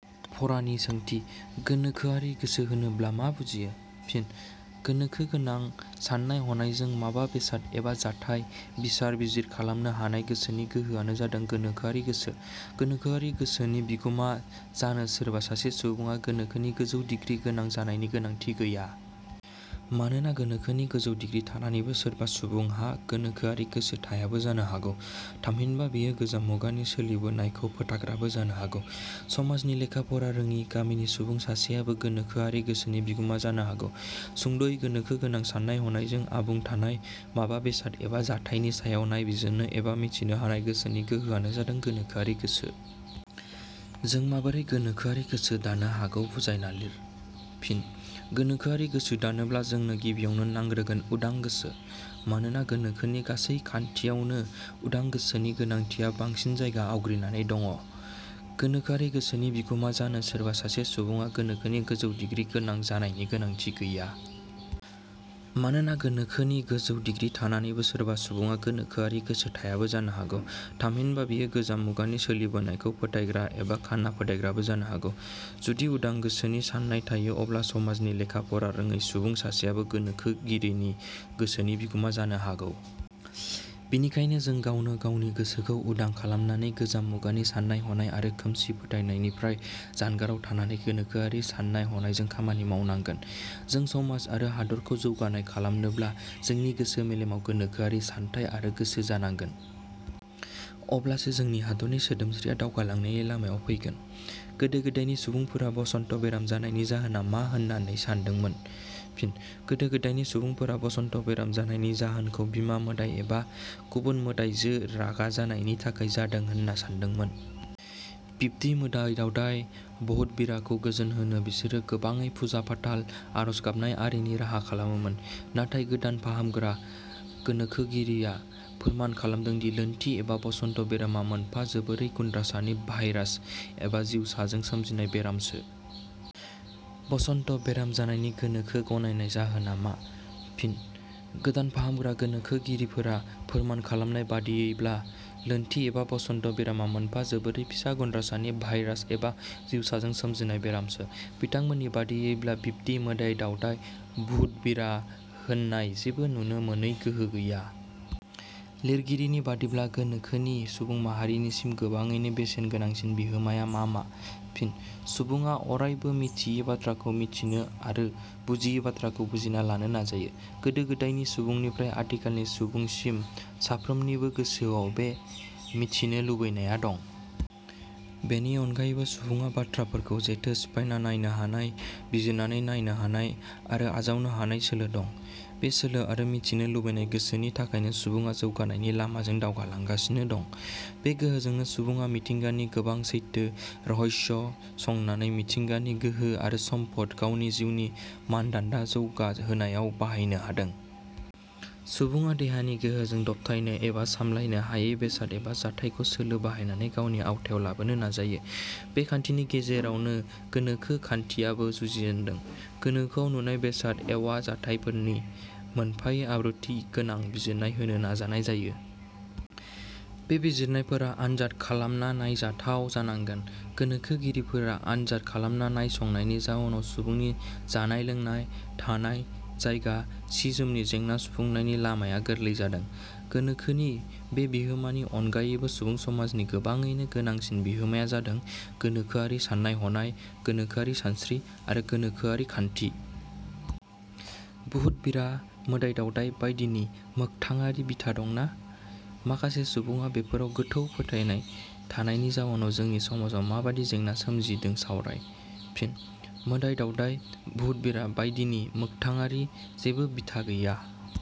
फरानि सोंथि:. गोनोखोआरि गोसो होनोब्ला मा बुजियो? फिन: गोनोखोगोनां साननाय हनायजों माबा बेसाद एबा जाथाइ बिसार-बिजिर खालामनो हानाय गोसोनि गोहोआनो जादों गोनोखोआरि गोसो। गोनोखोआरि गोसोनि बिगुमा जानो सोरबा सासे सुबुङा गोनोखोनि गोजौ डिग्रि गोनां जानायनि गोनांथि गैया। मानोना गोनोखोनि गोजौ डिग्रि थानानैबो सोरबा सुबुंहा गोनोखोआरि गोसो थायाबो जानो हागौ, थामहिनबा बेयो गोजाम मुगानि सोलिबोनायखौ फोथाग्राबो जानो हागौ। समाजनि लेखाफरा रोङि, गामिनि सुबुं सासेयाबो गोनोखोआरि गोसोनि बिगुमा जानो हागौ। सुंद'यै गोनोखोगोनां साननाय-हनायजों आबुं थानाय, माबा बेसाद एबा जाथायनि सायाव नायबिजिरनो एबा मिथिनो हानाय गोसोनि गोहोआनो जादों गोनोखोआरि गोसो।. जों माबोरै गोनोखोआरि गोसो दानो हागौ बुजायना लिर। फिन: गोनोखोआरि गोसो दानोब्ला जोंनों गिबियावनो नांग्रोगोन उदां गोसो। मानोना गोनोखोनि गासै खान्थियावनो उदां गोसोनि गोनांथिया बांसिन जायगा आवग्रिनानै दङ'। गोनोखोआरि गोसोनि बिगुमा जानो सोरबा सासे सुबुङा गोनोखोनि गोजौ डिग्रिगोनां जानायनि गोनांथि गैया। मानोना गोनोखोनि गोजौ दिग्रि थानानैबो सोरबा सुबुङा गोनोखोआरि गोसो थायाबो जानो हागौ। थामहिनबा बियो गोजाम मुगानि सोलिबोनायखौ फोथायग्रा एबा खाना फोथायग्राबो जानो हागौ। जुदि उदां गोसोनि साननाय थायो अब्ला समाजनि लेखा फरा रोङै सुबुं सासेयाबो गोनोखोगिरिनि गोसोनि बिगुमा जानो हागौ। बिनिखायनो जों गावनो गावनि गोसोखौ उदां खालामनानै गोजाम मुगानि साननाय हनाय आरो खोमसि फोथायनायनिफ्राय जानगाराव थानानै गोनोखोआरि साननाय हनायजों खामानि मावनांगोन। जों समाज आरो हादरखौ जौगानाय खालामनोब्ला जोंनि गोसो मेलेमाव गोनोखोआरि सानथाइ आरो गोसो जानांगोन। अब्लासो जोंनि हादरनि सोदोमस्रिया दावगालांनायनि लामायाव फैगोन।. गोदो गोदायनि सुबुंफोरा बसन्त बेराम जानायनि जाहोना मा होननानै सान्दोंमोन? फिन: गोदो गोदायनि सुबुंफोरा बसन्त बेराम जानायनि जाहोन खौ बिमा मोदाइ एबा गुबुन मोदाइजो रागा जानायनि थाखाय जादों होनना सानदोंमोन। बिब्दि मोदाइ दावदाइ – बहुत-बिराखौ गोजोन होनो बिसोर गोबाङै फुजा-फाथाल, आरज गाबनाय आरिनि राहा खालामोमोन। नाथाय गोदान फाहामग्रा गोनोखोगिरिया फोरमान खालामदोंदि लोन्थि एबा बसन्त बेरामा मोनफा जोबोरै गुन्द्रासानि भाइरास एबा जिवसाजों सोमजिनाय बेरामसो।. बसन्त बेराम जानायनि गोनोखो गनायनाय जाहोना मा? फिन: गोदान फाहामग्रा गोनोखोगिरिफोरा फोरमान खालामनाय बादियैब्ला लोन्थि एबा बसन्त बेरामा मोनफा जोबोरै फिसा गुन्द्रसानि भाइरास एबा जिवसाजों सोमजिनाय बेरामसो। बिथांमोननि बादियैब्ला बिब्दि मोदाइ दावदाइ, बुहुत-बिरा होननाय जेबो नुनो मोनै गोहो गैया।. लिरगिरिनि बादिब्ला, गोनोखोनि सुबुं माहारिसिम गोबाङैनो बेसेन गोनांसिन बिहोमाया मा मा? फिन: सुबुङा अरायबो मिथियि बाथ्राखौ मिथिनो आरो बुजियि बाथ्राखौ बुजिना लानो नाजायो। गोदो गोदायनि सुबुंनिफ्राइ आथिखालनि सुबुंसिम साफ्रोमनिबोगोसोआव बे मिथिनो लुबैनाया दं। बेनि अनगायैबो सुबुङा बाथ्राफोरखौ जेथो सिफायना नायनो हानाय, बिजिरनानै नायनो हानाय आरो आजावनो हानाय सोलो दं। बे सोलो आरो मिथिनो लुबैनाय गोसोनि थाखायनो सुबुङा जौगानायनि लामाजों दावगालांगासिनो दं। बे गोहोजोंनो सुबुङा मिथिंगानि गोबां सैथो, रहस्य संनानै मिथिंगानि गोहो आरो सम्पद गावनि जिउनि मानदान्दा जौगा होनायाव बाहायनो हादों। सुबुडा देहानि गोहोजों दबथायनो एबा सामलायनो हायै बेसाद एबा जाथाइखौ सोलो बाहायनानै गावनि आवथायाव लाबोनो नाजायो। बे खान्थिनि गेजेरावनो गोनोखो खान्थियाबो जुजिजेनदों। गोनोखोआव नुनाय बेसाद एवा जाथाइफोरनि मोनफायै आब्रुथि गोनां बिजिरनाय होनो नाजानाय जायो। बे बिजिरनायफोरा आनजाद खालामना नायजाथाव जानांगोन। गोनोखोगिरिफोरा आनजाद खालामना नायसंनायनि जाउनाव सुबुंनि जानाय-लोंनाय, थानाय, जायगा, सि-जोमनि जेंना सुफुंनायनि लामाया गोरलै जादों। गोनोखोनि बे बिहोमानि अनगायैबो सुबुं समाजनि गोबाङैनो गोनांसिन बिहोमाया जादों– गोनोखोआरि साननाय हनाय, गोनोखोआरि सानस्रि, आरो गोनोखोआरि खान्थि।. बुहुत-बिरा, मोदाइ दावदाइ बायदिनि मोखथाङारि बिथा दंना? माखासे सुबुडा बेफोराव गोथौ फोथायनाय थानायनि जाउनाव जोंनि समाजाव माबादि जेंना सोमज़िदों सावराय। फिन: मोदाइ-दावदाय, बुहुत-बिरा बायदिनि मोगथाङारि जेबो बिथा गैया।